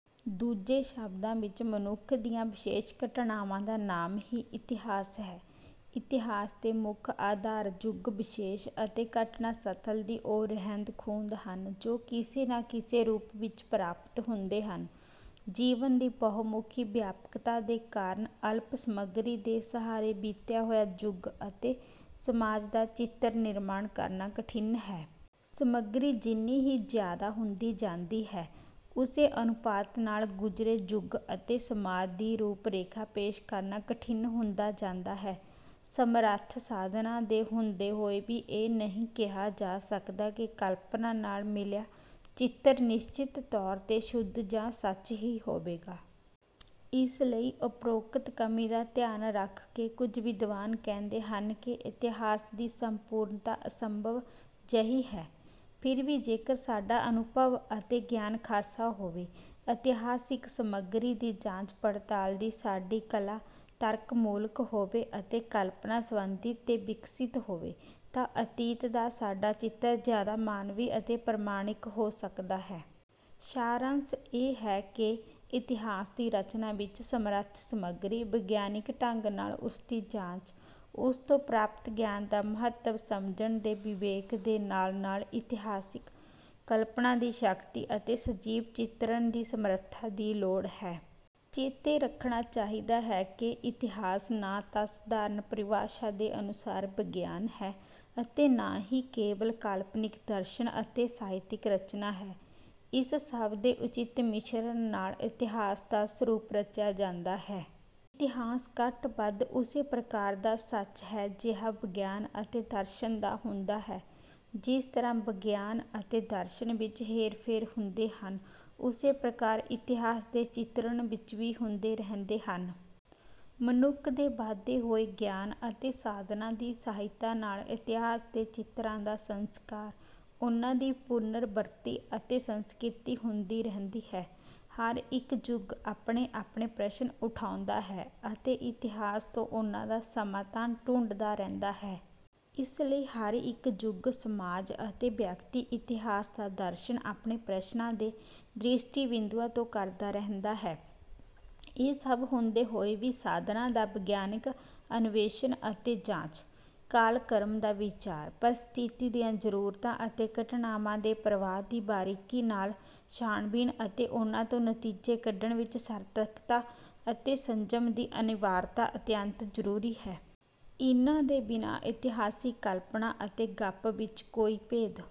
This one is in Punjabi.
ਦੂਜੇ ਸ਼ਬਦਾਂ ਵਿੱਚ ਮਨੁੱਖ ਦੀਆਂ ਵਿਸ਼ੇਸ਼ ਘਟਨਾਵਾਂ ਦਾ ਨਾਮ ਹੀ ਇਤਿਹਾਸ ਹੈ। ਇਤਿਹਾਸ ਦੇ ਮੁੱਖ ਆਧਾਰ ਯੁਗ-ਵਿਸ਼ੇਸ਼ ਅਤੇ ਘਟਨਾ-ਸਥਲ ਦੀ ਉਹ ਰਹਿੰਦ-ਖੂਹੰਦ ਹਨ ਜੋ ਕਿਸੇ ਨਾ ਕਿਸੇ ਰੂਪ ਵਿੱਚ ਪ੍ਰਾਪਤ ਹੁੰਦੇ ਹਨ। ਜੀਵਨ ਦੀ ਬਹੁਮੁਖੀ ਵਿਆਪਕਤਾ ਦੇ ਕਾਰਨ ਅਲਪ ਸਮੱਗਰੀ ਦੇ ਸਹਾਰੇ ਬੀਤਿਆ ਹੋਇਆ ਯੁੱਗ ਅਤੇ ਸਮਾਜ ਦਾ ਚਿੱਤਰ-ਨਿਰਮਾਣ ਕਰਨਾ ਕਠਿਨ ਹੈ। ਸਮੱਗਰੀ ਜਿੰਨੀ ਹੀ ਜ਼ਿਆਦਾ ਹੁੰਦੀ ਜਾਂਦੀ ਹੈ, ਉਸੇ ਅਨੁਪਾਤ ਨਾਲ ਗੁਜ਼ਰੇ ਯੁੱਗ ਅਤੇ ਸਮਾਜ ਦੀ ਰੂਪ-ਰੇਖਾ ਪੇਸ਼ ਕਰਨਾ ਕਠਿਨ ਹੁੰਦਾ ਜਾਂਦਾ ਹੈ। ਸਮਰੱਥ ਸਾਧਨਾਂ ਦੇ ਹੁੰਦੇ ਹੋਏ ਵੀ ਇਹ ਨਹੀਂ ਕਿਹਾ ਜਾ ਸਕਦਾ ਕਿ ਕਲਪਨਾ ਨਾਲ ਮਿਲਿਆ ਚਿੱਤਰ ਨਿਸ਼ਚਿਤ ਤੌਰ 'ਤੇ ਸ਼ੁੱਧ ਜਾਂ ਸੱਚ ਹੀ ਹੋਵੇਗਾ। ਇਸ ਲਈ ਉਪਰੋਕਤ ਕਮੀ ਦਾ ਧਿਆਨ ਰੱਖ ਕੇ ਕੁੱਝ ਵਿਦਵਾਨ ਕਹਿੰਦੇ ਹਨ ਕਿ ਇਤਿਹਾਸ ਦੀ ਸੰਪੂਰਨਤਾ ਅਸੰਭਵ ਜਿਹੀ ਹੈ। ਫਿਰ ਵੀ ਜੇਕਰ ਸਾਡਾ ਅਨੁਭਵ ਅਤੇ ਗਿਆਨ ਖਾਸਾ ਹੋਵੇ, ਇਤਿਹਾਸਕ ਸਮੱਗਰੀ ਦੀ ਜਾਂਚ-ਪੜਤਾਲ ਦੀ ਸਾਡੀ ਕਲਾ ਤਰਕਮੂਲਕ ਹੋਵੇ ਅਤੇ ਕਲਪਨਾ ਸੰਬੰਧਿਤ ਤੇ ਵਿਕਸਿਤ ਹੋਵੇ, ਤਾਂ ਅਤੀਤ ਦਾ ਸਾਡਾ ਚਿੱਤਰ ਜ਼ਿਆਦਾ ਮਾਨਵੀ ਅਤੇ ਪ੍ਰਮਾਣਿਕ ਹੋ ਸਕਦਾ ਹੈ। ਸਾਰੰਸ਼ ਇਹ ਹੈ ਕਿ ਇਤਿਹਾਸ ਦੀ ਰਚਨਾ ਵਿੱਚ ਸਮਰੱਥ ਸਮੱਗਰੀ, ਵਿਗਿਆਨਕ ਢੰਗ ਨਾਲ ਉਸਦੀ ਜਾਂਚ, ਉਸ ਤੋਂ ਪ੍ਰਾਪਤ ਗਿਆਨ ਦਾ ਮਹੱਤਵ ਸਮਝਣ ਦੇ ਵਿਵੇਕ ਦੇ ਨਾਲ-ਨਾਲ ਇਤਿਹਾਸਕ ਕਲਪਨਾ ਦੀ ਸ਼ਕਤੀ ਅਤੇ ਸਜੀਵ ਚਿਤਰਣ ਦੀ ਸਮਰੱਥਾ ਦੀ ਲੋੜ ਹੈ। ਚੇਤੇ ਰੱਖਣਾ ਚਾਹੀਦਾ ਹੈ ਕਿ ਇਤਿਹਾਸ ਨਾ ਤਾਂ ਸਧਾਰਨ ਪਰਿਭਾਸ਼ਾ ਦੇ ਅਨੁਸਾਰ ਵਿਗਿਆਨ ਹੈ ਅਤੇ ਨਾ ਕੇਵਲ ਕਾਲਪਨਿਕ ਦਰਸ਼ਨ ਅਤੇ ਸਾਹਿਤਕ ਰਚਨਾ ਹੈ। ਇਸ ਸਭ ਦੇ ਉਚਿਤ ਮਿਸ਼ਰਣ ਨਾਲ ਇਤਿਹਾਸ ਦਾ ਸਰੂਪ ਰਚਿਆ ਜਾਂਦਾ ਹੈ। ਇਤਿਹਾਸ ਘੱਟ-ਵੱਧ ਉਸੇ ਪ੍ਰਕਾਰ ਦਾ ਸੱਚ ਹੈ ਜਿਹਾ ਵਿਗਿਆਨ ਅਤੇ ਦਰਸ਼ਨ ਦਾ ਹੁੰਦਾ ਹੈ। ਜਿਸ ਤਰ੍ਹਾਂ ਵਿਗਿਆਨ ਅਤੇ ਦਰਸ਼ਨ ਵਿੱਚ ਹੇਰ-ਫੇਰ ਹੁੰਦੇ ਹਨ, ਉਸੇ ਪ੍ਰਕਾਰ ਇਤਿਹਾਸ ਦੇ ਚਿਤਰਣ ਵਿੱਚ ਵੀ ਹੁੰਦੇ ਰਹਿੰਦੇ ਹਨ। ਮਨੁੱਖ ਦੇ ਵੱਧਦੇ ਹੋਏ ਗਿਆਨ ਅਤੇ ਸਾਧਨਾਂ ਦੀ ਸਹਾਇਤਾ ਨਾਲ ਇਤਿਹਾਸ ਦੇ ਚਿੱਤਰਾਂ ਦਾ ਸੰਸਕਾਰ, ਉਨ੍ਹਾਂ ਦੀ ਪੁਨਰ-ਵ੍ਰੱਤੀ ਅਤੇ ਸੰਸਕ੍ਰਿਤੀ ਹੁੰਦੀ ਰਹਿੰਦੀ ਹੈ। ਹਰ ਇੱਕ ਯੁੱਗ ਆਪਣੇ-ਆਪਣੇ ਪ੍ਰਸ਼ਨ ਉਠਾਉਂਦਾ ਹੈ ਅਤੇ ਇਤਿਹਾਸ ਤੋਂ ਉਨ੍ਹਾਂ ਦਾ ਸਮਾਧਾਨ ਢੂੰਢਦਾ ਰਹਿੰਦਾ ਹੈ। ਇਸ ਲਈ ਹਰ ਇੱਕ ਯੁੱਗ, ਸਮਾਜ ਅਤੇ ਵਿਅਕਤੀ ਇਤਿਹਾਸ ਦਾ ਦਰਸ਼ਨ ਆਪਣੇ ਪ੍ਰਸ਼ਨਾਂ ਦੇ ਦ੍ਰਿਸ਼ਟੀ-ਬਿੰਦੂਆਂ ਤੋਂ ਕਰਦਾ ਰਹਿੰਦਾ ਹੈ। ਇਹ ਸਭ ਹੁੰਦੇ ਹੋਏ ਵੀ ਸਾਧਨਾਂ ਦਾ ਵਿਗਿਆਨਕ ਅਨਵੇਸ਼ਣ ਅਤੇ ਜਾਂਚ, ਕਾਲ-ਕ੍ਰਮ ਦਾ ਵਿਚਾਰ, ਪਰਿਸਥਿਤੀ ਦੀਆਂ ਜ਼ਰੂਰਤਾਂ ਅਤੇ ਘਟਨਾਵਾਂ ਦੇ ਪ੍ਰਵਾਹ ਦੀ ਬਰੀਕੀ ਨਾਲ ਛਾਣਬੀਣ ਅਤੇ ਉਨ੍ਹਾਂ ਤੋਂ ਨਤੀਜੇ ਕੱਢਣ ਵਿੱਚ ਸਰਤਕਤਾ ਅਤੇ ਸੰਜਮ ਦੀ ਅਨਿਵਾਰਤਾ ਅਤਿਅੰਤ ਜ਼ਰੂਰੀ ਹੈ। ਇਨ੍ਹਾਂ ਦੇ ਬਿਨਾਂ ਇਤਿਹਾਸਕ ਕਲਪਨਾ ਅਤੇ ਗੱਪ ਵਿੱਚ ਕੋਈ ਭੇਦ